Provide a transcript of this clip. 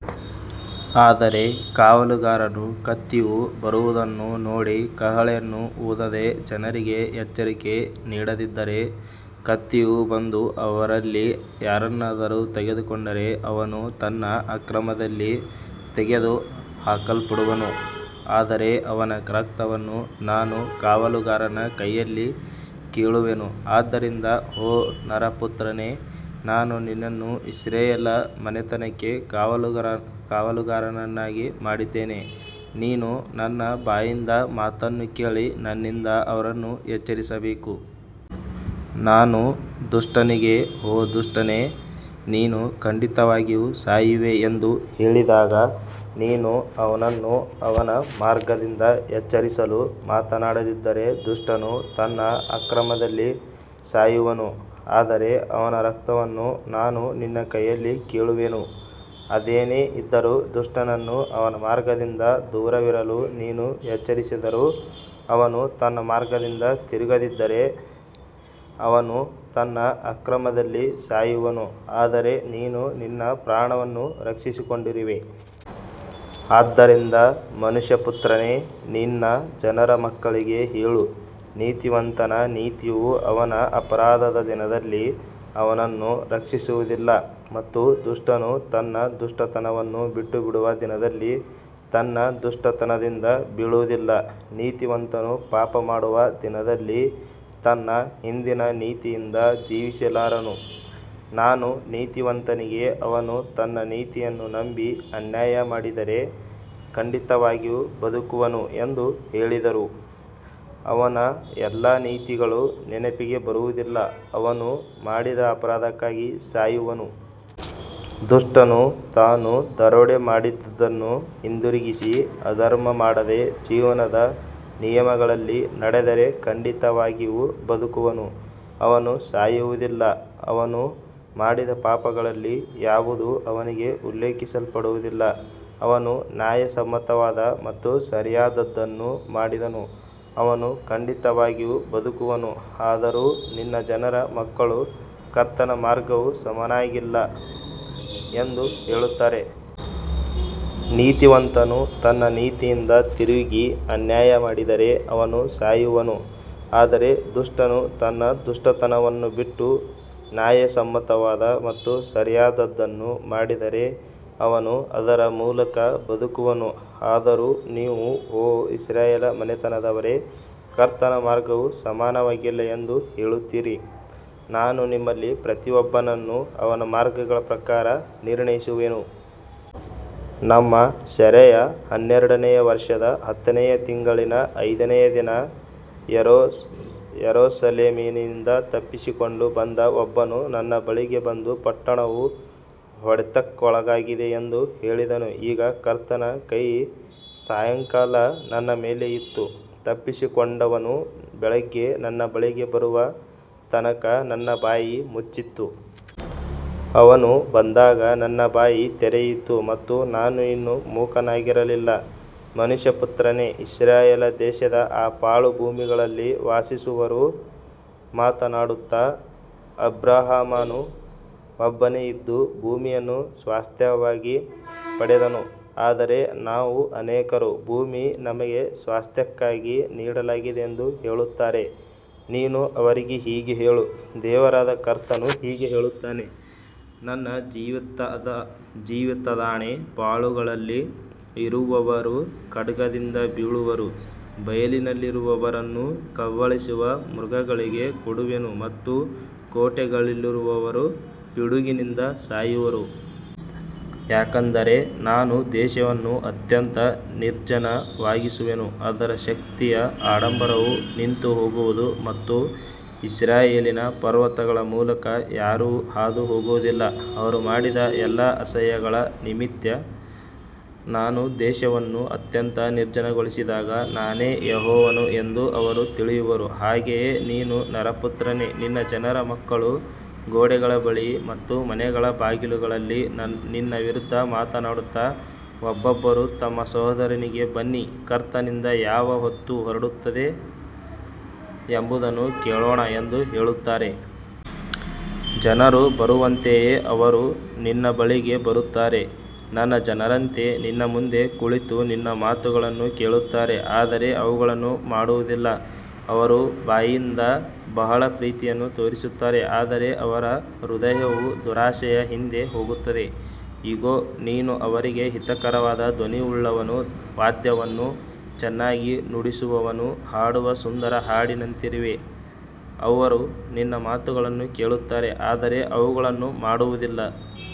ಆದರೆ ಕಾವಲುಗಾರನು ಕತ್ತಿಯು ಬರುವುದನ್ನು ನೋಡಿ ಕಹಳೆಯನ್ನು ಊದದೆ ಜನರಿಗೆ ಎಚ್ಚರಿಕೆ ನೀಡದಿದ್ದರೆ, ಕತ್ತಿಯು ಬಂದು ಅವರಲ್ಲಿ ಯಾರನ್ನಾದರೂ ತೆಗೆದುಕೊಂಡರೆ ಅವನು ತನ್ನ ಅಕ್ರಮದಲ್ಲಿ ತೆಗೆದುಹಾಕಲ್ಪಡುವನು, ಆದರೆ ಅವನ ರಕ್ತವನ್ನು ನಾನು ಕಾವಲುಗಾರನ ಕೈಯಲ್ಲಿ ಕೇಳುವೆನು. ಆದ್ದರಿಂದ ಓ ನರಪುತ್ರನೇ, ನಾನು ನಿನ್ನನ್ನು ಇಸ್ರಾಯೇಲ್ ಮನೆತನಕ್ಕೆ ಕಾವಲುಗಾರನನ್ನಾಗಿ ಮಾಡಿದ್ದೇನೆ, ನೀನು ನನ್ನ ಬಾಯಿಂದ ಮಾತನ್ನು ಕೇಳಿ ನನ್ನಿಂದ ಅವರನ್ನು ಎಚ್ಚರಿಸಬೇಕು. ನಾನು ದುಷ್ಟನಿಗೆ, ಓ ದುಷ್ಟನೇ, ನೀನು ಖಂಡಿತವಾಗಿಯೂ ಸಾಯುವೆ ಎಂದು ಹೇಳಿದಾಗ, ನೀನು ಅವನನ್ನು ಅವನ ಮಾರ್ಗದಿಂದ ಎಚ್ಚರಿಸಲು ಮಾತನಾಡದಿದ್ದರೆ ದುಷ್ಟನು ತನ್ನ ಅಕ್ರಮದಲ್ಲಿ ಸಾಯುವನು, ಆದರೆ ಅವನ ರಕ್ತವನ್ನು ನಾನು ನಿನ್ನ ಕೈಯಲ್ಲಿ ಕೇಳುವೆನು. ಅದೇನೇ ಇದ್ದರೂ, ದುಷ್ಟನನ್ನು ಅವನ ಮಾರ್ಗದಿಂದ ದೂರವಿರಲು ನೀನು ಎಚ್ಚರಿಸಿದರೂ ಅವನು ತನ್ನ ಮಾರ್ಗದಿಂದ ತಿರುಗದಿದ್ದರೆ, ಅವನು ತನ್ನ ಅಕ್ರಮದಲ್ಲಿ ಸಾಯುವನು, ಆದರೆ ನೀನು ನಿನ್ನ ಪ್ರಾಣವನ್ನು ರಕ್ಷಿಸಿಕೊಂಡಿರುವೆ. ಆದ್ದರಿಂದ ಮನುಷ್ಯಪುತ್ರನೇ, ನಿನ್ನ ಜನರ ಮಕ್ಕಳಿಗೆ ಹೇಳು, ನೀತಿವಂತನ ನೀತಿಯು ಅವನ ಅಪರಾಧದ ದಿನದಲ್ಲಿ ಅವನನ್ನು ರಕ್ಷಿಸುವುದಿಲ್ಲ ಮತ್ತು ದುಷ್ಟನು ತನ್ನ ದುಷ್ಟತನವನ್ನು ಬಿಟ್ಟುಬಿಡುವ ದಿನದಲ್ಲಿ ತನ್ನ ದುಷ್ಟತನದಿಂದ ಬೀಳುವುದಿಲ್ಲ. ನೀತಿವಂತನು ಪಾಪಮಾಡುವ ದಿನದಲ್ಲಿ ತನ್ನ ಹಿಂದಿನ ನೀತಿಯಿಂದ ಜೀವಿಸಲಾರನು. ನಾನು ನೀತಿವಂತನಿಗೆ, ಅವನು ತನ್ನ ನೀತಿಯನ್ನು ನಂಬಿ ಅನ್ಯಾಯ ಮಾಡಿದರೆ ಖಂಡಿತವಾಗಿಯೂ ಬದುಕುವನು ಎಂದು ಹೇಳಿದರೂ, ಅವನ ಎಲ್ಲಾ ನೀತಿಗಳು ನೆನಪಿಗೆ ಬರುವುದಿಲ್ಲ, ಅವನು ಮಾಡಿದ ಅಪರಾಧಕ್ಕಾಗಿ ಸಾಯುವನು. ದುಷ್ಟನು ತಾನು ದರೋಡೆ ಮಾಡಿದದ್ದನ್ನು ಹಿಂದಿರುಗಿಸಿ, ಅಧರ್ಮ ಮಾಡದೆ ಜೀವನದ ನಿಯಮಗಳಲ್ಲಿ ನಡೆದರೆ ಖಂಡಿತವಾಗಿಯೂ ಬದುಕುವನು, ಅವನು ಸಾಯುವುದಿಲ್ಲ. ಅವನು ಮಾಡಿದ ಪಾಪಗಳಲ್ಲಿ ಯಾವುದೂ ಅವನಿಗೆ ಉಲ್ಲೇಖಿಸಲ್ಪಡುವುದಿಲ್ಲ, ಅವನು ನ್ಯಾಯಸಮ್ಮತವಾದ ಮತ್ತು ಸರಿಯಾದದ್ದನ್ನು ಮಾಡಿದನು, ಅವನು ಖಂಡಿತವಾಗಿಯೂ ಬದುಕುವನು. ಆದರೂ ನಿನ್ನ ಜನರ ಮಕ್ಕಳು, ಕರ್ತನ ಮಾರ್ಗವು ಸಮಾನವಾಗಿಲ್ಲ ಎಂದು ಹೇಳುತ್ತಾರೆ. ನೀತಿವಂತನು ತನ್ನ ನೀತಿಯಿಂದ ತಿರುಗಿ ಅನ್ಯಾಯ ಮಾಡಿದರೆ ಅವನು ಸಾಯುವನು, ಆದರೆ ದುಷ್ಟನು ತನ್ನ ದುಷ್ಟತನವನ್ನು ಬಿಟ್ಟು ನ್ಯಾಯಸಮ್ಮತವಾದ ಮತ್ತು ಸರಿಯಾದದ್ದನ್ನು ಮಾಡಿದರೆ ಅವನು ಅದರ ಮೂಲಕ ಬದುಕುವನು. ಆದರೂ ನೀವು, ಓ ಇಸ್ರಾಯೇಲ್ ಮನೆತನದವರೇ, ಕರ್ತನ ಮಾರ್ಗವು ಸಮಾನವಾಗಿಲ್ಲ ಎಂದು ಹೇಳುತ್ತೀರಿ. ನಾನು ನಿಮ್ಮಲ್ಲಿ ಪ್ರತಿಯೊಬ್ಬನನ್ನೂ ಅವನ ಮಾರ್ಗಗಳ ಪ್ರಕಾರ ನಿರ್ಣಯಿಸುವೆನು. ನಮ್ಮ ಸೆರೆಯ ಹನ್ನೆರಡನೆಯ ವರ್ಷದ ಹತ್ತನೆಯ ತಿಂಗಳಿನ ಐದನೆಯ ದಿನ ಯೆರೂಸಲೇಮಿನಿಂದ ತಪ್ಪಿಸಿಕೊಂಡು ಬಂದ ಒಬ್ಬನು ನನ್ನ ಬಳಿಗೆ ಬಂದು, ಪಟ್ಟಣವು ಹೊಡೆತಕ್ಕೊಳಗಾಗಿದೆ ಎಂದು ಹೇಳಿದನು. ಈಗ ಕರ್ತನ ಕೈ ಸಾಯಂಕಾಲ ನನ್ನ ಮೇಲೆ ಇತ್ತು, ತಪ್ಪಿಸಿಕೊಂಡವನು ಬೆಳಿಗ್ಗೆ ನನ್ನ ಬಳಿಗೆ ಬರುವ ತನಕ ನನ್ನ ಬಾಯಿ ಮುಚ್ಚಿತ್ತು. ಅವನು ಬಂದಾಗ ನನ್ನ ಬಾಯಿ ತೆರೆಯಿತು ಮತ್ತು ನಾನು ಇನ್ನು ಮೂಕನಾಗಿರಲಿಲ್ಲ. ಮನುಷ್ಯಪುತ್ರನೇ, ಇಸ್ರಾಯೇಲ್ ದೇಶದ ಆ ಪಾಳುಭೂಮಿಗಳಲ್ಲಿ ವಾಸಿಸುವವರು ಮಾತನಾಡುತ್ತಾ, ಅಬ್ರಹಾಮನು ಒಬ್ಬನೇ ಇದ್ದು ಭೂಮಿಯನ್ನು ಸ್ವಾಸ್ತ್ಯವಾಗಿ ಪಡೆದನು, ಆದರೆ ನಾವು ಅನೇಕರು, ಭೂಮಿ ನಮಗೆ ಸ್ವಾಸ್ತ್ಯಕ್ಕಾಗಿ ನೀಡಲಾಗಿದೆ ಎಂದು ಹೇಳುತ್ತಾರೆ. ನೀನು ಅವರಿಗೆ ಹೀಗೆ ಹೇಳು, ದೇವರಾದ ಕರ್ತನು ಹೀಗೆ ಹೇಳುತ್ತಾನೆ, ನನ್ನ ಜೀವಿತದಾಣೆ, ಪಾಳುಗಳಲ್ಲಿ ಇರುವವರು ಖಡ್ಗದಿಂದ ಬೀಳುವರು, ಬಯಲಿನಲ್ಲಿರುವವರನ್ನು ಕಬಳಿಸುವ ಮೃಗಗಳಿಗೆ ಕೊಡುವೆನು ಮತ್ತು ಕೋಟೆಗಳಲ್ಲಿರುವವರು ಪಿಡುಗಿನಿಂದ ಸಾಯುವರು. ಯಾಕಂದರೆ ನಾನು ದೇಶವನ್ನು ಅತ್ಯಂತ ನಿರ್ಜನವಾಗಿಸುವೆನು, ಅದರ ಶಕ್ತಿಯ ಆಡಂಬರವು ನಿಂತುಹೋಗುವುದು ಮತ್ತು ಇಸ್ರಾಯೇಲಿನ ಪರ್ವತಗಳ ಮೂಲಕ ಯಾರೂ ಹಾದುಹೋಗುವುದಿಲ್ಲ. ಅವರು ಮಾಡಿದ ಎಲ್ಲಾ ಅಸಹ್ಯಗಳ ನಿಮಿತ್ತ ನಾನು ದೇಶವನ್ನು ಅತ್ಯಂತ ನಿರ್ಜನಗೊಳಿಸಿದಾಗ ನಾನೇ ಯೆಹೋವನು ಎಂದು ಅವರು ತಿಳಿಯುವರು. ಹಾಗೆಯೇ ನೀನು ನರಪುತ್ರನೇ, ನಿನ್ನ ಜನರ ಮಕ್ಕಳು ಗೋಡೆಗಳ ಬಳಿ ಮತ್ತು ಮನೆಗಳ ಬಾಗಿಲುಗಳಲ್ಲಿ ನಿನ್ನ ವಿರುದ್ಧ ಮಾತನಾಡುತ್ತಾ, ಒಬ್ಬೊಬ್ಬರು ತಮ್ಮ ಸಹೋದರನಿಗೆ, ಬನ್ನಿ, ಕರ್ತನಿಂದ ಯಾವ ಮಾತು ಹೊರಡುತ್ತದೆ ಎಂಬುದನ್ನು ಕೇಳೋಣ ಎಂದು ಹೇಳುತ್ತಾರೆ. ಜನರು ಬರುವಂತೆಯೇ ಅವರು ನಿನ್ನ ಬಳಿಗೆ ಬರುತ್ತಾರೆ, ನನ್ನ ಜನರಂತೆ ನಿನ್ನ ಮುಂದೆ ಕುಳಿತು ನಿನ್ನ ಮಾತುಗಳನ್ನು ಕೇಳುತ್ತಾರೆ, ಆದರೆ ಅವುಗಳನ್ನು ಮಾಡುವುದಿಲ್ಲ. ಅವರು ಬಾಯಿಂದ ಬಹಳ ಪ್ರೀತಿಯನ್ನು ತೋರಿಸುತ್ತಾರೆ, ಆದರೆ ಅವರ ಹೃದಯವು ದುರಾಶೆಯ ಹಿಂದೆ ಹೋಗುತ್ತದೆ. ಇಗೋ, ನೀನು ಅವರಿಗೆ ಹಿತಕರವಾದ ಧ್ವನಿಯುಳ್ಳವನೂ ವಾದ್ಯವನ್ನು ಚೆನ್ನಾಗಿ ನುಡಿಸುವವನೂ ಹಾಡುವ ಸುಂದರ ಹಾಡಿನಂತಿರುವೆ. ಅವರು ನಿನ್ನ ಮಾತುಗಳನ್ನು ಕೇಳುತ್ತಾರೆ, ಆದರೆ ಅವುಗಳನ್ನು ಮಾಡುವುದಿಲ್ಲ.